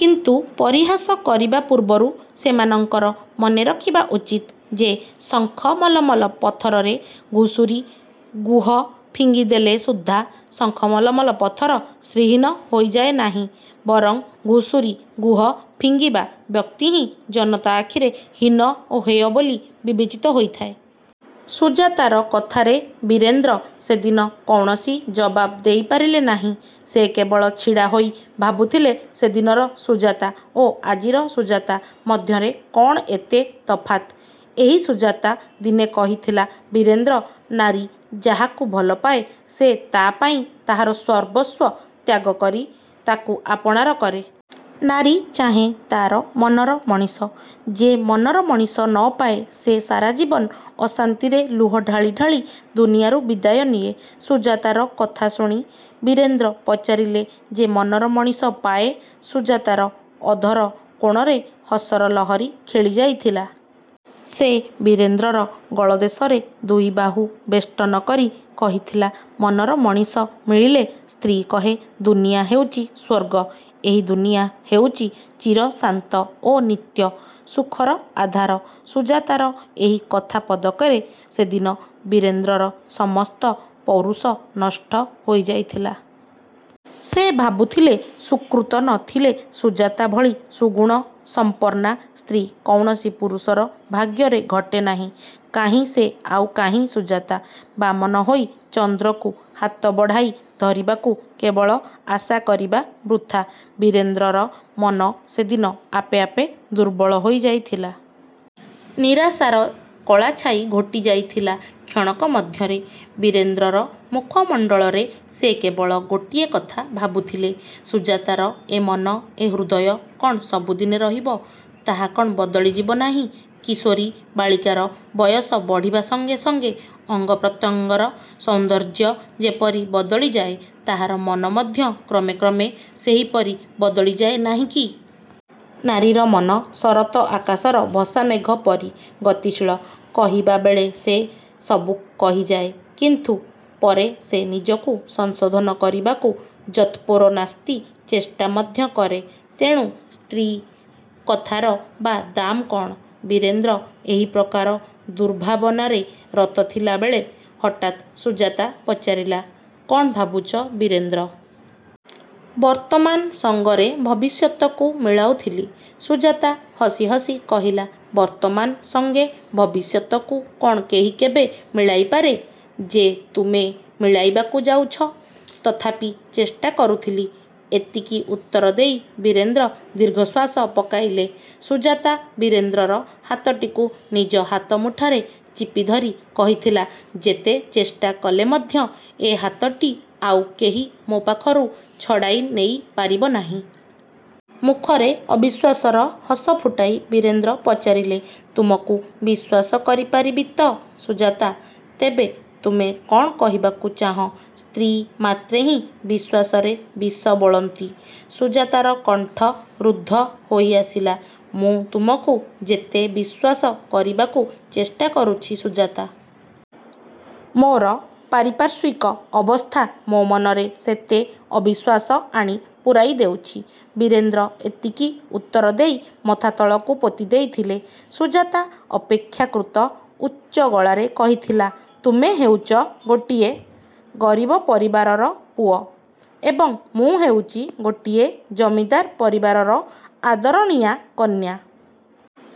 କିନ୍ତୁ ପରିହାସ କରିବା ପୂର୍ବରୁ ସେମାନଙ୍କର ମନେରଖିବା ଉଚିତ ଯେ ଶଙ୍ଖମଲମଲ ପଥରରେ ଘୁଷୁରି ଗୁହ ଫିଙ୍ଗିଦେଲେ ସୁଦ୍ଧା ଶଙ୍ଖମଲମଲ ପଥର ଶ୍ରୀହୀନ ହୋଇଯାଏ ନାହିଁ, ବରଂ ଘୁଷୁରି ଗୁହ ଫିଙ୍ଗିବା ବ୍ୟକ୍ତି ହିଁ ଜନତା ଆଖିରେ ହୀନ ଓ ହେୟ ବୋଲି ବିବେଚିତ ହୋଇଥାଏ। '' ସୁଜାତାର କଥାରେ ବୀରେନ୍ଦ୍ର ସେଦିନ କୌଣସି ଜବାବ୍ ଦେଇପାରିଲେ ନାହିଁ। ସେ କେବଳ ଛିଡ଼ାହୋଇ ଭାବୁଥିଲେ ସେଦିନର ସୁଜାତା ଓ ଆଜିର ସୁଜାତା ମଧ୍ୟରେ କ'ଣ ଏତେ ତଫାତ୍? ଏହି ସୁଜାତା ଦିନେ କହିଥିଲା ''ବୀରେନ୍ଦ୍ର! ନାରୀ ଯାହାକୁ ଭଲପାଏ ସେ ତା' ପାଇଁ ତାହାର ସର୍ବସ୍ୱ ତ୍ୟାଗ କରି ତାକୁ ଆପଣାର କରେ। ନାରୀ ଚାହେଁ ତା'ର ମନର ମଣିଷ। ଯେ ମନର ମଣିଷ ନ ପାଏ ସେ ସାରା ଜୀବନ ଅଶାନ୍ତିରେ ଲୁହ ଢାଳି ଢାଳି ଦୁନିଆରୁ ବିଦାୟ ନିଏ। '' ସୁଜାତାର କଥା ଶୁଣି ବୀରେନ୍ଦ୍ର ପଚାରିଲେ ''ଯେ ମନର ମଣିଷ ପାଏ? '' ସୁଜାତାର ଅଧର କୋଣରେ ହସର ଲହରୀ ଖେଳିଯାଇଥିଲା। ସେ ବୀରେନ୍ଦ୍ରର ଗଳଦେଶରେ ଦୁଇବାହୁ ବେଷ୍ଟନ କରି କହିଥିଲା ''ମନର ମଣିଷ ମିଳିଲେ ସ୍ତ୍ରୀ କହେ ଦୁନିଆ ହେଉଛି ସ୍ୱର୍ଗ। ଏହି ଦୁନିଆ ହେଉଛି ଚିରଶାନ୍ତ ଓ ନିତ୍ୟ ସୁଖର ଆଧାର। '' ସୁଜାତାର ଏହି କଥା ପଦକରେ ସେଦିନ ବୀରେନ୍ଦ୍ରର ସମସ୍ତ ପୌରୁଷ ନଷ୍ଟ ହୋଇଯାଇଥିଲା। ସେ ଭାବୁଥିଲେ ସୁକୃତ ନ ଥିଲେ ସୁଜାତା ଭଳି ସୁଗୁଣ ସମ୍ପନ୍ନା ସ୍ତ୍ରୀ କୌଣସି ପୁରୁଷର ଭାଗ୍ୟରେ ଘଟେ ନାହିଁ। କାହିଁ ସେ, ଆଉ କାହିଁ ସୁଜାତା? ବାମନ ହୋଇ ଚନ୍ଦ୍ରକୁ ହାତ ବଢ଼ାଇ ଧରିବାକୁ କେବଳ ଆଶା କରିବା ବୃଥା। ବୀରେନ୍ଦ୍ରର ମନ ସେଦିନ ଆପେ ଆପେ ଦୁର୍ବଳ ହୋଇଯାଇଥିଲା। ନିରାଶାର କଳା ଛାଇ ଘୋଟିଯାଇଥିଲା କ୍ଷଣକ ମଧ୍ୟରେ ବୀରେନ୍ଦ୍ରର ମୁଖମଣ୍ଡଳରେ। ସେ କେବଳ ଗୋଟିଏ କଥା ଭାବୁଥିଲେ। ସୁଜାତାର ଏ ମନ, ଏ ହୃଦୟ କ'ଣ ସବୁଦିନେ ରହିବ? ତାହା କ'ଣ ବଦଳି ଯିବ ନାହିଁ? କିଶୋରୀ ବାଳିକାର ବୟସ ବଢ଼ିବା ସଙ୍ଗେ ସଙ୍ଗେ ଅଙ୍ଗ ପ୍ରତ୍ୟଙ୍ଗର ସୌନ୍ଦର୍ଯ୍ୟ ଯେପରି ବଦଳିଯାଏ ତାହାର ମନ ମଧ୍ୟ କ୍ରମେ କ୍ରମେ ସେହିପରି ବଦଳିଯାଏ ନାହିଁ କି? ନାରୀର ମନ ଶରତ ଆକାଶର ଭସାମେଘ ପରି ଗତିଶୀଳ। କହିବାବେଳେ ସେ ସବୁ କହିଯାଏ; କିନ୍ତୁ ପରେ ସେ ନିଜକୁ ସଂଶୋଧନ କରିବାକୁ ଯତ୍ପରୋନାସ୍ତି ଚେଷ୍ଟା ମଧ୍ୟ କରେ। ତେଣୁ ସ୍ତ୍ରୀ କଥାର ବା ଦାମ କ'ଣ? ବୀରେନ୍ଦ୍ର ଏହିପ୍ରକାର ଦୁର୍ଭାବନାରେ ରତ ଥିଲାବେଳେ ହଠାତ୍ ସୁଜାତା ପଚାରିଲା, ''କ'ଣ ଭାବୁଛ ବୀରେନ୍ଦ୍ର? '' ''ବର୍ତ୍ତମାନ ସଙ୍ଗରେ ଭବିଷ୍ୟତକୁ ମିଳାଉଥିଲି। '' ସୁଜାତା ହସି ହସି କହିଲା, ''ବର୍ତ୍ତମାନ ସଙ୍ଗେ ଭବିଷ୍ୟତକୁ କ'ଣ କେହି କେବେ ମିଳାଇପାରେ ଯେ ତୁମେ ମିଳାଇବାକୁ ଯାଉଛ? '' ''ତଥାପି ଚେଷ୍ଟା କରୁଥିଲି। '' ଏତିକି ଉତ୍ତର ଦେଇ ବୀରେନ୍ଦ୍ର ଦୀର୍ଘଶ୍ୱାସ ପକାଇଲେ। ସୁଜାତା ବୀରେନ୍ଦ୍ରର ହାତଟିକୁ ନିଜ ହାତମୁଠାରେ ଚିପିଧରି କହିଥିଲା, ''ଯେତେ ଚେଷ୍ଟା କଲେ ମଧ୍ୟ ଏ ହାତଟି ଆଉ କେହି ମୋ ପାଖରୁ ଛଡ଼ାଇ ନେଇ ପାରିବ ନାହିଁ। '' ମୁଖରେ ଅବିଶ୍ୱାସର ହସ ଫୁଟାଇ ବୀରେନ୍ଦ୍ର ପଚାରିଲେ ''ତୁମକୁ ବିଶ୍ୱାସ କରିପାରିବି ତ ସୁଜାତା? '' ''ତେବେ ତୁମେ କ'ଣ କହିବାକୁ ଚାହଁ, ସ୍ତ୍ରୀ ମାତ୍ରେହିଁ ବିଶ୍ୱାସରେ ବିଷ ବୋଳନ୍ତି? '' ସୁଜାତାର କଣ୍ଠ ରୁଦ୍ଧ ହୋଇଆସିଲା। '' ମୁଁ ତୁମକୁ ଯେତେ ବିଶ୍ୱାସ କରିବାକୁ ଚେଷ୍ଟା କରୁଛି ସୁଜାତା! ମୋର ପାରିପାର୍ଶ୍ୱିକ ଅବସ୍ଥା ମୋ ମନରେ ସେତେ ଅବିଶ୍ୱାସ ଆଣି ପୂରାଇ ଦେଉଛି। ବୀରେନ୍ଦ୍ର ଏତିକି ଉତ୍ତରଦେଇ ମଥା ତଳକୁ ପୋତିଦେଇଥିଲେ। ସୁଜାତା ଅପେକ୍ଷାକୃତ ଉଚ୍ଚ ଗଳାରେ କହିଥିଲା, ''ତୁମେ ହେଉଛ ଗୋଟିଏ ଗରିବ ପରିବାରର ପୁଅ ଏବଂ ମୁଁ ହେଉଛି ଗୋଟିଏ ଜମିଦାର ପରିବାରର ଆଦରଣୀୟା କନ୍ୟା।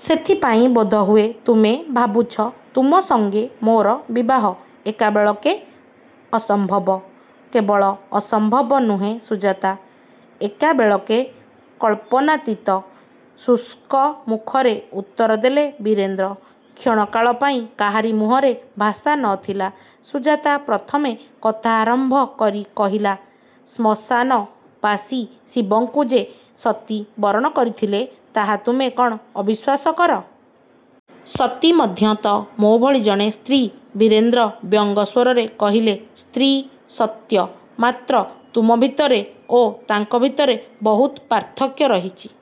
ସେଥିପାଇଁ ବୋଧହୁଏ ତୁମେ ଭାବୁଛ ତୁମ ସଙ୍ଗେ ମୋର ବିବାହ ଏକାବେଳକେ ଅସମ୍ଭବ। '' ''କେବଳ ଅସମ୍ଭବ ନୁହେଁ ସୁଜାତା! ଏକାବେଳକେ କଳ୍ପନାତୀତ। ଶୁଷ୍କ ମୁଖରେ ଉତ୍ତରଦେଲେ ବୀରେନ୍ଦ୍ର। '' କ୍ଷଣକାଳ ପାଇଁ କାହାରି ମୁହଁରେ ଭାଷା ନ ଥିଲା। ସୁଜାତା ପ୍ରଥମେ କଥା ଆରମ୍ଭ କରି କହିଲା, ''ଶ୍ମଶାନବାସୀ ଶିବଙ୍କୁ ଯେ ସତୀ ବରଣ କରିଥିଲେ ତାହା ତୁମେ କ'ଣ ଅବିଶ୍ୱାସ କର? ସତୀ ମଧ୍ୟ ତ ମୋ ଭଳି ଜଣେ ସ୍ତ୍ରୀ। '' ବୀରେଦ୍ର ବ୍ୟଙ୍ଗ ସ୍ୱରରେ କହିଲେ, ''ସ୍ତ୍ରୀ ସତ୍ୟ, ମାତ୍ର ତୁମ ଭିତରେ ଓ ତାଙ୍କ ଭିତରେ ବହୁତ ପାର୍ଥକ୍ୟ ରହିଛି।